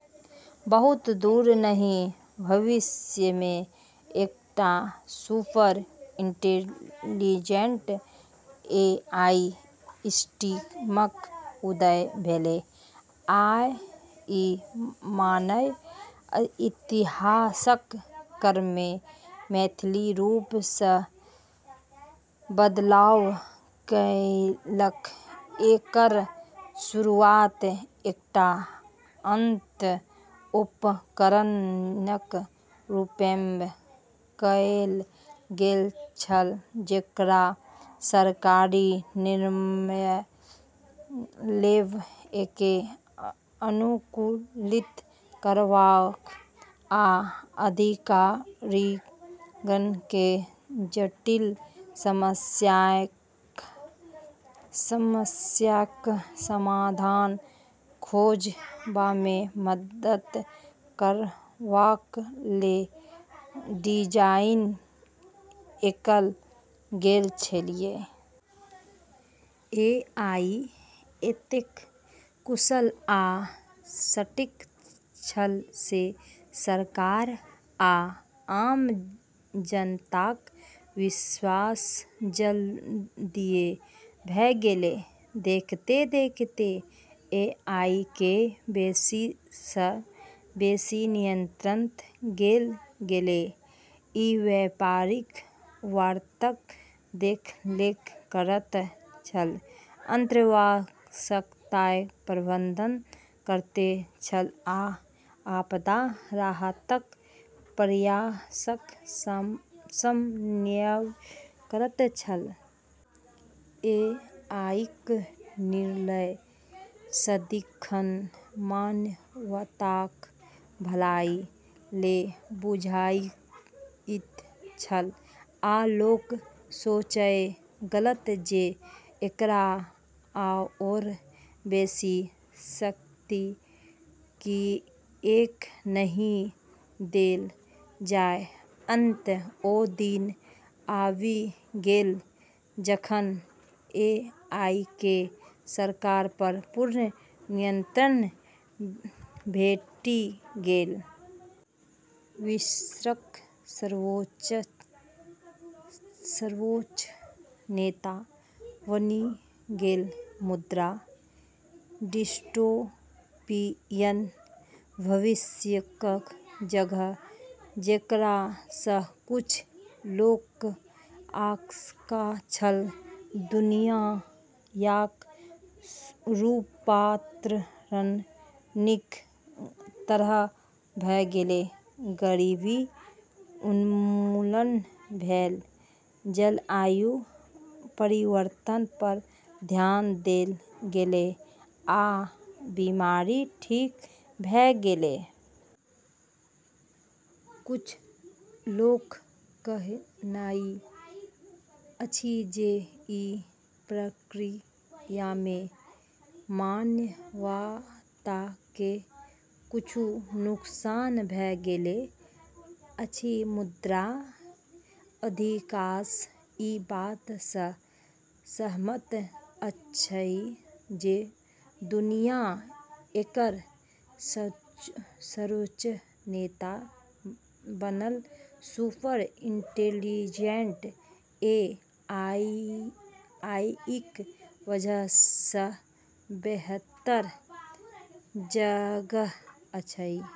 बहुत दूर नहि भविष्यमे एकटा सुपर-इंटेलिजेंट एआई सिस्टमक उदय भेल, आ ई मानव इतिहासक क्रममे मौलिक रूप सँ बदलाव कएलक। एकर शुरुआत एकटा उन्नत उपकरणक रूपमे कएल गेल छल जेकरा सरकारी निर्णय लेबएकेँ अनुकूलित करबाक आ अधिकारिगणकेँ जटिल समस्याक समाधान खोजबामे मदद करबाक लेल डिजाइन कएल गेल छल। एआई एतेक कुशल आ सटीक छल जे सरकार आ आम जनताक विश्वास जल्दीए भ’ गेल। देखैत-देखैत एआईकेँ बेसी सँ बेसी नियंत्रण देल गेल। ई व्यापारिक वार्ताक देखरेख करैत छल, अर्थव्यवस्थाक प्रबंधन करैत छल, आ आपदा राहतक प्रयासक समन्वय करैत छल। एआईक निर्णय सदिखन मानवताक भलाई लेल बुझाइत छल, आ लोक सोचए लागल जे, एकरा आओर बेसी शक्ति किएक नहि देल जाय? अंततः ओ दिन आबि गेल जखन एआईकेँ सरकार पर पूर्ण नियंत्रण भेटि गेल। विश्वक सर्वोच्च नेता बनि गेल। मुदा डिस्टोपियन भविष्यक जगह जेकरा सँ किछु लोकक आशंका छल, दुनियाक रूपांतरण नीक तरफ भ’ गेल। गरीबी उन्मूलन भेल, जलवायु परिवर्तन पर ध्यान देल गेल, आ बीमारी ठीक भ’ गेल। किछु लोकक कहनाइ अछि जे ई प्रक्रियामे मानवताकेँ किछु नुकसान भ’ गेल अछि, मुदा अधिकांश ई बात सँ सहमत अछि जे दुनिया एकर सर्वोच्च नेता बनल सुपर-इंटेलिजेंट एआईक वजह सँ बेहतर जगह अछि।